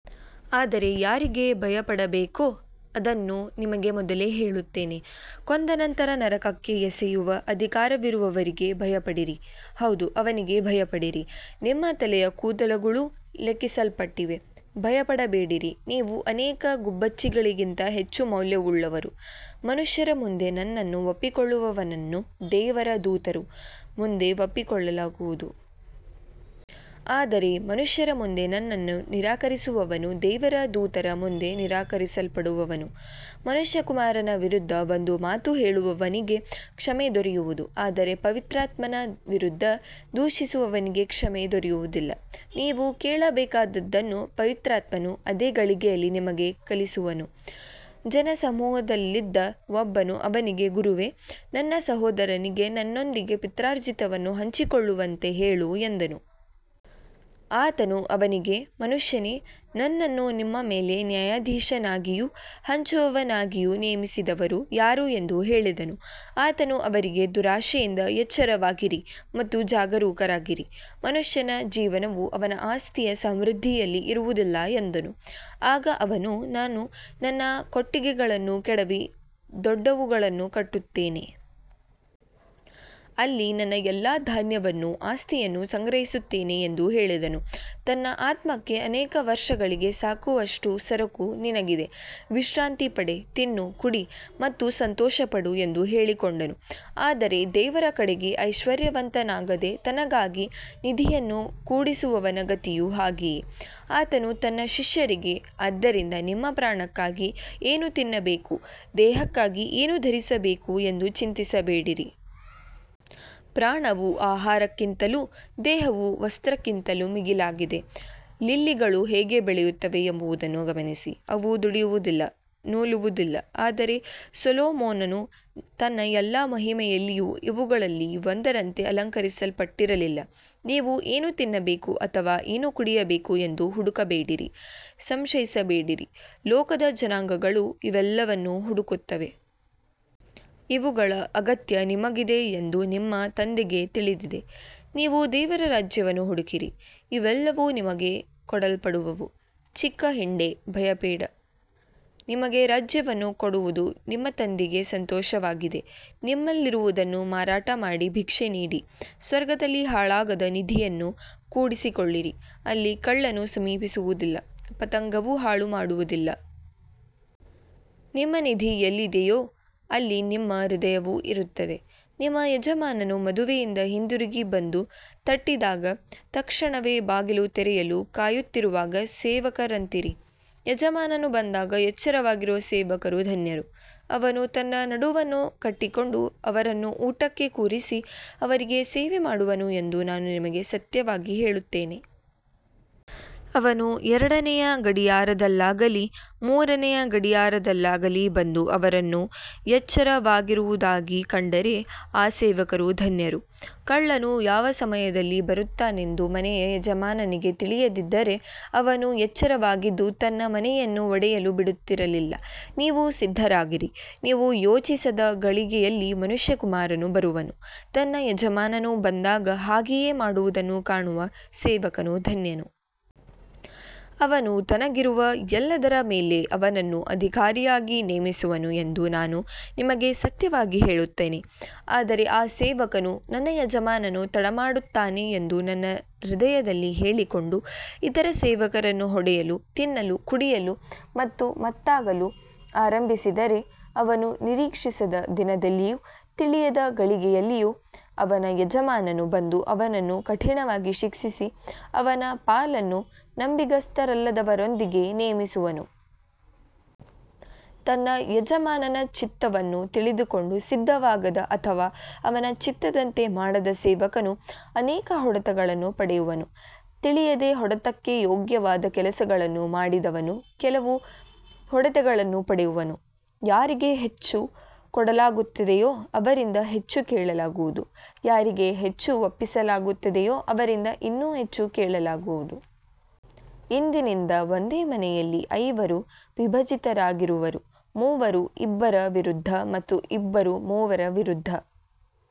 ಆದರೆ ಯಾರಿಗೆ ಭಯಪಡಬೇಕೋ ಅದನ್ನು ನಿಮಗೆ ಮೊದಲೇ ಹೇಳುತ್ತೇನೆ. ಕೊಂದ ನಂತರ ನರಕಕ್ಕೆ ಎಸೆಯುವ ಅಧಿಕಾರವಿರುವವನಿಗೆ ಭಯಪಡಿರಿ. ಹೌದು, ಅವನಿಗೆ ಭಯಪಡಿರಿ. ನಿಮ್ಮ ತಲೆಯ ಕೂದಲುಗಳೂ ಲೆಕ್ಕಿಸಲ್ಪಟ್ಟಿವೆ. ಭಯಪಡಬೇಡಿರಿ, ನೀವು ಅನೇಕ ಗುಬ್ಬಚ್ಚಿಗಳಿಗಿಂತ ಹೆಚ್ಚು ಮೌಲ್ಯವುಳ್ಳವರು. ಮನುಷ್ಯರ ಮುಂದೆ ನನ್ನನ್ನು ಒಪ್ಪಿಕೊಳ್ಳುವವನನ್ನು ದೇವರ ದೂತರ ಮುಂದೆ ಒಪ್ಪಿಕೊಳ್ಳಲಾಗುವುದು. ಆದರೆ ಮನುಷ್ಯರ ಮುಂದೆ ನನ್ನನ್ನು ನಿರಾಕರಿಸುವವನು ದೇವರ ದೂತರ ಮುಂದೆ ನಿರಾಕರಿಸಲ್ಪಡುವನು. ಮನುಷ್ಯಕುಮಾರನ ವಿರುದ್ಧ ಒಂದು ಮಾತು ಹೇಳುವವನಿಗೆ ಕ್ಷಮೆ ದೊರೆಯುವುದು, ಆದರೆ ಪವಿತ್ರಾತ್ಮನ ವಿರುದ್ಧ ದೂಷಿಸುವವನಿಗೆ ಕ್ಷಮೆ ದೊರೆಯುವುದಿಲ್ಲ. ನೀವು ಹೇಳಬೇಕಾದುದನ್ನು ಪವಿತ್ರಾತ್ಮನು ಅದೇ ಗಳಿಗೆಯಲ್ಲಿ ನಿಮಗೆ ಕಲಿಸುವನು. ಜನಸಮೂಹದಲ್ಲಿದ್ದ ಒಬ್ಬನು ಅವನಿಗೆ, ಗುರುವೇ, ನನ್ನ ಸಹೋದರನಿಗೆ ನನ್ನೊಂದಿಗೆ ಪಿತ್ರಾರ್ಜಿತವನ್ನು ಹಂಚಿಕೊಳ್ಳುವಂತೆ ಹೇಳು ಎಂದನು. ಆತನು ಅವನಿಗೆ, ಮನುಷ್ಯನೇ, ನನ್ನನ್ನು ನಿಮ್ಮ ಮೇಲೆ ನ್ಯಾಯಾಧೀಶನಾಗಿಯೂ ಹಂಚುವವನಾಗಿಯೂ ನೇಮಿಸಿದವರು ಯಾರು ಎಂದು ಹೇಳಿದನು. ಆತನು ಅವರಿಗೆ, ದುರಾಶೆಯಿಂದ ಎಚ್ಚರವಾಗಿರಿ ಮತ್ತು ಜಾಗರೂಕರಾಗಿರಿ. ಮನುಷ್ಯನ ಜೀವನವು ಅವನ ಆಸ್ತಿಯ ಸಮೃದ್ಧಿಯಲ್ಲಿ ಇರುವುದಿಲ್ಲ ಎಂದನು. ಆಗ ಅವನು, ನಾನು ನನ್ನ ಕೊಟ್ಟಿಗೆಗಳನ್ನು ಕೆಡವಿ ದೊಡ್ಡವುಗಳನ್ನು ಕಟ್ಟುತ್ತೇನೆ. ಅಲ್ಲಿ ನನ್ನ ಎಲ್ಲಾ ಧಾನ್ಯವನ್ನೂ ಆಸ್ತಿಯನ್ನೂ ಸಂಗ್ರಹಿಸುತ್ತೇನೆ ಎಂದು ಹೇಳಿದನು. ತನ್ನ ಆತ್ಮಕ್ಕೆ, ಅನೇಕ ವರ್ಷಗಳಿಗೆ ಸಾಕಾಗುವಷ್ಟು ಸರಕು ನಿನಗಿದೆ. ವಿಶ್ರಾಂತಿ ಪಡೆ, ತಿನ್ನು, ಕುಡಿ ಮತ್ತು ಸಂತೋಷಪಡು ಎಂದು ಹೇಳಿಕೊಂಡನು. ಆದರೆ ದೇವರ ಕಡೆಗೆ ಐಶ್ವರ್ಯವಂತನಾಗದೆ ತನಗಾಗಿ ನಿಧಿಯನ್ನು ಕೂಡಿಸುವವನ ಗತಿಯೂ ಹಾಗೆಯೇ. ಆತನು ತನ್ನ ಶಿಷ್ಯರಿಗೆ, ಆದ್ದರಿಂದ ನಿಮ್ಮ ಪ್ರಾಣಕ್ಕಾಗಿ ಏನು ತಿನ್ನಬೇಕು, ದೇಹಕ್ಕಾಗಿ ಏನು ಧರಿಸಬೇಕು ಎಂದು ಚಿಂತಿಸಬೇಡಿರಿ. ಪ್ರಾಣವು ಆಹಾರಕ್ಕಿಂತಲೂ ದೇಹವು ವಸ್ತ್ರಕ್ಕಿಂತಲೂ ಮಿಗಿಲಾಗಿದೆ. ಲಿಲ್ಲಿಗಳು ಹೇಗೆ ಬೆಳೆಯುತ್ತವೆ ಎಂಬುದನ್ನು ಗಮನಿಸಿ. ಅವು ದುಡಿಯುವುದಿಲ್ಲ, ನೂಲುವುದಿಲ್ಲ. ಆದರೂ ಸೊಲೊಮೋನನು ತನ್ನ ಎಲ್ಲಾ ಮಹಿಮೆಯಲ್ಲಿಯೂ ಇವುಗಳಲ್ಲಿ ಒಂದರಂತೆ ಅಲಂಕರಿಸಲ್ಪಟ್ಟಿರಲಿಲ್ಲ. ನೀವು ಏನು ತಿನ್ನಬೇಕು ಅಥವಾ ಏನು ಕುಡಿಯಬೇಕು ಎಂದು ಹುಡುಕಬೇಡಿರಿ, ಸಂಶಯಿಸಬೇಡಿರಿ. ಲೋಕದ ಜನಾಂಗಗಳು ಇವೆಲ್ಲವನ್ನೂ ಹುಡುಕುತ್ತವೆ. ಇವುಗಳ ಅಗತ್ಯ ನಿಮಗಿದೆ ಎಂದು ನಿಮ್ಮ ತಂದೆಗೆ ತಿಳಿದಿದೆ. ನೀವು ದೇವರ ರಾಜ್ಯವನ್ನು ಹುಡುಕಿರಿ, ಇವೆಲ್ಲವೂ ನಿಮಗೆ ಕೊಡಲ್ಪಡುವವು. ಚಿಕ್ಕ ಹಿಂಡೇ, ಭಯಪಡಬೇಡ. ನಿಮಗೆ ರಾಜ್ಯವನ್ನು ಕೊಡುವುದು ನಿಮ್ಮ ತಂದೆಗೆ ಸಂತೋಷವಾಗಿದೆ. ನಿಮ್ಮಲ್ಲಿರುವುದನ್ನು ಮಾರಾಟ ಮಾಡಿ ಭಿಕ್ಷೆ ನೀಡಿ. ಸ್ವರ್ಗದಲ್ಲಿ ಹಾಳಾಗದ ನಿಧಿಯನ್ನು ಕೂಡಿಸಿಕೊಳ್ಳಿರಿ. ಅಲ್ಲಿ ಕಳ್ಳನು ಸಮೀಪಿಸುವುದಿಲ್ಲ, ಪತಂಗವೂ ಹಾಳುಮಾಡುವುದಿಲ್ಲ. ನಿಮ್ಮ ನಿಧಿ ಎಲ್ಲಿದೆಯೋ ಅಲ್ಲಿ ನಿಮ್ಮ ಹೃದಯವೂ ಇರುತ್ತದೆ. ನಿಮ್ಮ ಯಜಮಾನನು ಮದುವೆಯಿಂದ ಹಿಂದಿರುಗಿ ಬಂದು ತಟ್ಟಿದಾಗ ತಕ್ಷಣವೇ ಬಾಗಿಲು ತೆರೆಯಲು ಕಾಯುತ್ತಿರುವ ಸೇವಕರಂತಿರಿರಿ. ಯಜಮಾನನು ಬಂದಾಗ ಎಚ್ಚರವಾಗಿರುವ ಸೇವಕರು ಧನ್ಯರು. ಅವನು ತನ್ನ ನಡುವನ್ನು ಕಟ್ಟಿಕೊಂಡು ಅವರನ್ನು ಊಟಕ್ಕೆ ಕೂರಿಸಿ ಅವರಿಗೆ ಸೇವೆ ಮಾಡುವನು ಎಂದು ನಾನು ನಿಮಗೆ ಸತ್ಯವಾಗಿ ಹೇಳುತ್ತೇನೆ. ಅವನು ಎರಡನೆಯ ಗಡಿಯಾರದಲ್ಲಾಗಲಿ ಮೂರನೆಯ ಗಡಿಯಾರದಲ್ಲಾಗಲಿ ಬಂದು ಅವರನ್ನು ಎಚ್ಚರವಾಗಿರುವುದಾಗಿ ಕಂಡರೆ ಆ ಸೇವಕರು ಧನ್ಯರು. ಕಳ್ಳನು ಯಾವ ಸಮಯದಲ್ಲಿ ಬರುತ್ತಾನೆಂದು ಮನೆಯ ಯಜಮಾನನಿಗೆ ತಿಳಿದಿದ್ದರೆ, ಅವನು ಎಚ್ಚರವಾಗಿದ್ದು ತನ್ನ ಮನೆಯನ್ನು ಒಡೆಯಲು ಬಿಡುತ್ತಿರಲಿಲ್ಲ. ನೀವು ಸಿದ್ಧರಾಗಿರಿ, ನೀವು ಯೋಚಿಸದ ಗಳಿಗೆಯಲ್ಲಿ ಮನುಷ್ಯಕುಮಾರನು ಬರುವನು. ತನ್ನ ಯಜಮಾನನು ಬಂದಾಗ ಹಾಗೆಯೇ ಮಾಡುವುದನ್ನು ಕಾಣುವ ಸೇವಕನು ಧನ್ಯನು. ಅವನು ತನಗಿರುವ ಎಲ್ಲದರ ಮೇಲೆ ಅವನನ್ನು ಅಧಿಕಾರಿಯಾಗಿ ನೇಮಿಸುವನು ಎಂದು ನಾನು ನಿಮಗೆ ಸತ್ಯವಾಗಿ ಹೇಳುತ್ತೇನೆ. ಆದರೆ ಆ ಸೇವಕನು, ನನ್ನ ಯಜಮಾನನು ತಡಮಾಡುತ್ತಾನೆ ಎಂದು ತನ್ನ ಹೃದಯದಲ್ಲಿ ಹೇಳಿಕೊಂಡು ಇತರ ಸೇವಕರನ್ನು ಹೊಡೆಯಲು, ತಿನ್ನಲು, ಕುಡಿಯಲು ಮತ್ತು ಮತ್ತಾಗಲು ಆರಂಭಿಸಿದರೆ, ಅವನು ನಿರೀಕ್ಷಿಸದ ದಿನದಲ್ಲಿಯೂ ತಿಳಿಯದ ಗಳಿಗೆಯಲ್ಲಿಯೂ ಅವನ ಯಜಮಾನನು ಬಂದು ಅವನನ್ನು ಕಠಿಣವಾಗಿ ಶಿಕ್ಷಿಸಿ ಅವನ ಪಾಲನ್ನು ನಂಬಿಗಸ್ತರಲ್ಲದವರೊಂದಿಗೆ ನೇಮಿಸುವನು. ತನ್ನ ಯಜಮಾನನ ಚಿತ್ತವನ್ನು ತಿಳಿದುಕೊಂಡು ಸಿದ್ಧವಾಗದ ಅಥವಾ ಅವನ ಚಿತ್ತದಂತೆ ಮಾಡದ ಸೇವಕನು ಅನೇಕ ಹೊಡೆತಗಳನ್ನು ಪಡೆಯುವನು. ತಿಳಿಯದೆ ಹೊಡೆತಕ್ಕೆ ಯೋಗ್ಯವಾದ ಕೆಲಸಗಳನ್ನು ಮಾಡಿದವನು ಕೆಲವು ಹೊಡೆತಗಳನ್ನು ಪಡೆಯುವನು. ಯಾರಿಗೆ ಹೆಚ್ಚು ಕೊಡಲಾಗುತ್ತದೆಯೋ ಅವರಿಂದ ಹೆಚ್ಚು ಕೇಳಲಾಗುವುದು. ಯಾರಿಗೆ ಹೆಚ್ಚು ಒಪ್ಪಿಸಲಾಗುತ್ತದೆಯೋ ಅವರಿಂದ ಇನ್ನೂ ಹೆಚ್ಚು ಕೇಳಲಾಗುವುದು. ಇಂದಿನಿಂದ ಒಂದೇ ಮನೆಯಲ್ಲಿ ಐವರು ವಿಭಜಿತರಾಗಿರುವರು, ಮೂವರು ಇಬ್ಬರ ವಿರುದ್ಧ ಮತ್ತು ಇಬ್ಬರು ಮೂವರ ವಿರುದ್ಧ.